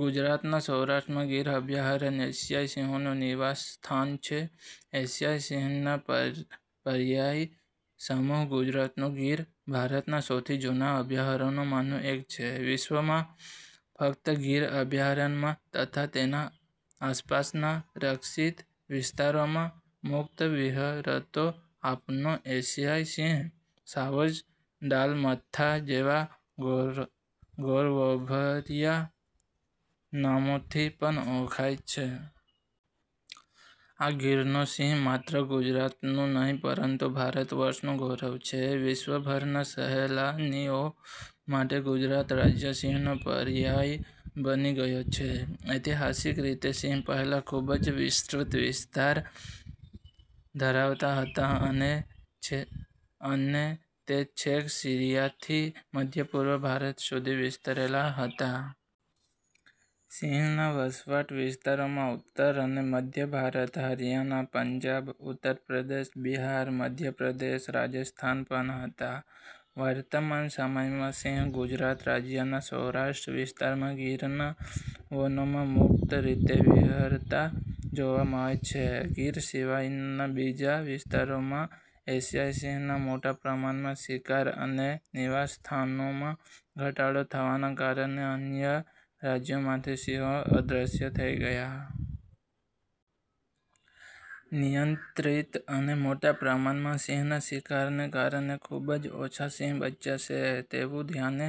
ગુજરાતના સૌરાષ્ટ્રમાં ગીર અભ્યારણ્ય એશિયાઇ સિંહોનું નિવાસ સ્થાન છે. એશિયાઇ સિંહનાં પર્યાય સમું ગુજરાતનું ગીર, ભારતનાં સૌથી જુના અભ્યારણ્યોમાંનું એક છે, વિશ્વમાં ફકત ગીર અભયારણ્યમાં તથા તેના આસપાસનાં રક્ષિત વિસ્તારોમાં મુકત વિહરતો આપણો એશિયાઇ સિંહ, સાવજ, ડાલામથ્થા જેવા ગૌરવભર્યા નામોથી પણ ઓળખાય છે. આ ગીરનો સિંહ માત્ર ગુજરાતનું નહીં, પરંતુ ભારત વર્ષનું ગૌરવ છે. વિશ્વભરનાં સહેલાણીઓ માટે ગુજરાત રાજય સિંહનો પર્યાય બની ગયો છે. ઐતિહાસીક રીતે સિંહ પહેલા ખુબ વિસ્તૃત વિસ્તાર ધરાવતા હતા અને તે છેક સિરીયાથી મધ્યપૂર્વ ભારત સુધી વિસ્તરેલા હતાં. સિંહના વસવાટ વિસ્તારોમાં ઉત્તર અને મધ્યભારત, હરીયાણા, પંજાબ, ઉત્તરપ્રદેશ, બિહાર, મધ્યપ્રદેશ, રાજસ્થાન પણ હતા. વર્તમાન સમયમાં સિંહ ગુજરાત રાજયનાં સૌરાષ્ટ્ર વિસ્તારમાં ગીરનાં વનોમાં મુકત રીતે વિહરતા જોવા મળે છે. ગીર સિવાયનાં બીજા વિસ્તારોમાં એશિયાઈ સિંહનાં મોટા પ્રમાણમાં શિકાર અને નિવાસ સ્થાનોમાં ઘટાડો થવાનાં કારણે અન્ય રાજયોમાંથી સિંહો અદ્રશ્ય થઇ ગયા. અનિયંત્રિત અને મોટા પ્રમાણમાં સિંહનાં શિકારને કારણે ખુબજ ઓછા સિંહ બચ્યા છે, તેવું ધ્યાને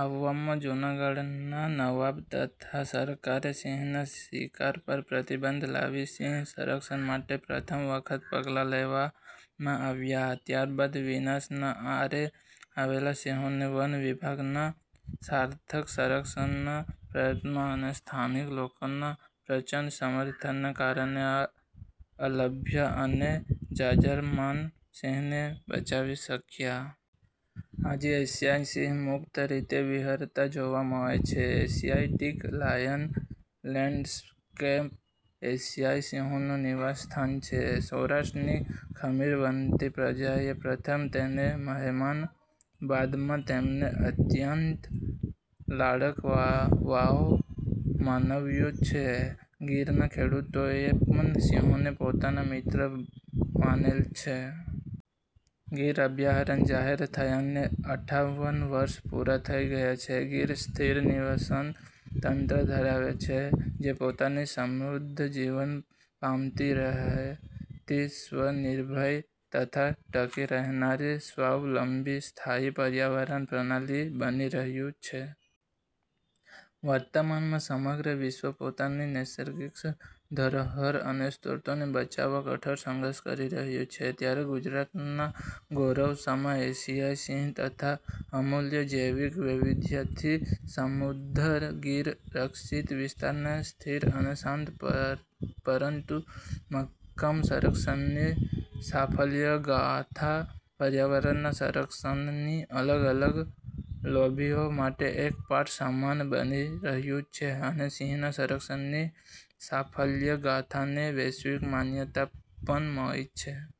આવવામાં જુનાગઢનાં નવાબ તથા સરકારે સિંહનાં શિકાર પર પ્રતિબંધ લાવી સિંહ સંરક્ષણ માટે પ્રથમ વખત પગલા લેવામાં આવ્યાં. ત્યાર બાદ વિનાશનાં આરે આવેલ સિંહોને વન વિભાગનાં સાર્થક – સંરક્ષણનાં પ્રયત્નો અને સ્થાનિક લોકોના પ્રચંડ સમર્થનને કારણે આ અલભ્ય અને જાજરમાન સિંહને બચાવી શકયા. આજે એશિયાઇ સિંહ મુકત રીતે વિહરતા જોવા મળે છે. એશિયાટીક લાયન લેન્ડસ્કેપ, એશિયાઇ સિંહોનું નિવાસ સ્થાન છે, સૌરાષ્ટ્રની ખમીરવંતી પ્રજાએ પ્રથમ તેને મહેમાન, બાદમાં તેમનો અત્યંત લાડકવાયો માન્યો છે. ગીરનાં ખેડૂતોએ પણ સિંહોને પોતાના મિત્ર માનેલ છે. ગીર અભ્યારણ્ય જાહેર થયાને અઠ્ઠાવન વર્ષ પુરા થઈ ગયા છે. ગીર સ્થિર નિવસન તંત્ર ધરાવે છે જે પોતાની સમૃધ્ધ જીવન પામતી રહેતી સ્વનિર્ભર તથા ટકી રહેનારી સ્વાવલંબી સ્થાપી પર્યાવરણ પ્રણાલી બની રહ્યુ છે. વર્તમાનમાં સમગ્ર વિશ્વ પોતાની નૈસર્ગિક ધરોહર અને સ્રોતોને બચાવવા કઠોર સંઘર્ષ કરી રહ્યું છે, ત્યારે ગુજરાતનાં ગૌરવ સમા એશિયાઇ સિંહ તથા અમુલ્ય જૈવિક વૈવિધ્યથી સમૃધ્ધ ગીર રક્ષિત વિસ્તારનાં સ્થિર અને શાંત પરંતુ મકકમ સંરક્ષણની સાફલ્યગાથા પર્યાવરણનાં સંરક્ષણની અલગ-અલગ લોબીઓ માટે એક પાઠ સમાન બની રહ્યું છે અને સિંહનાં સંરક્ષણની સાફલ્ય ગાથાને વૈશ્વિક માન્યતા પણ મળી છે.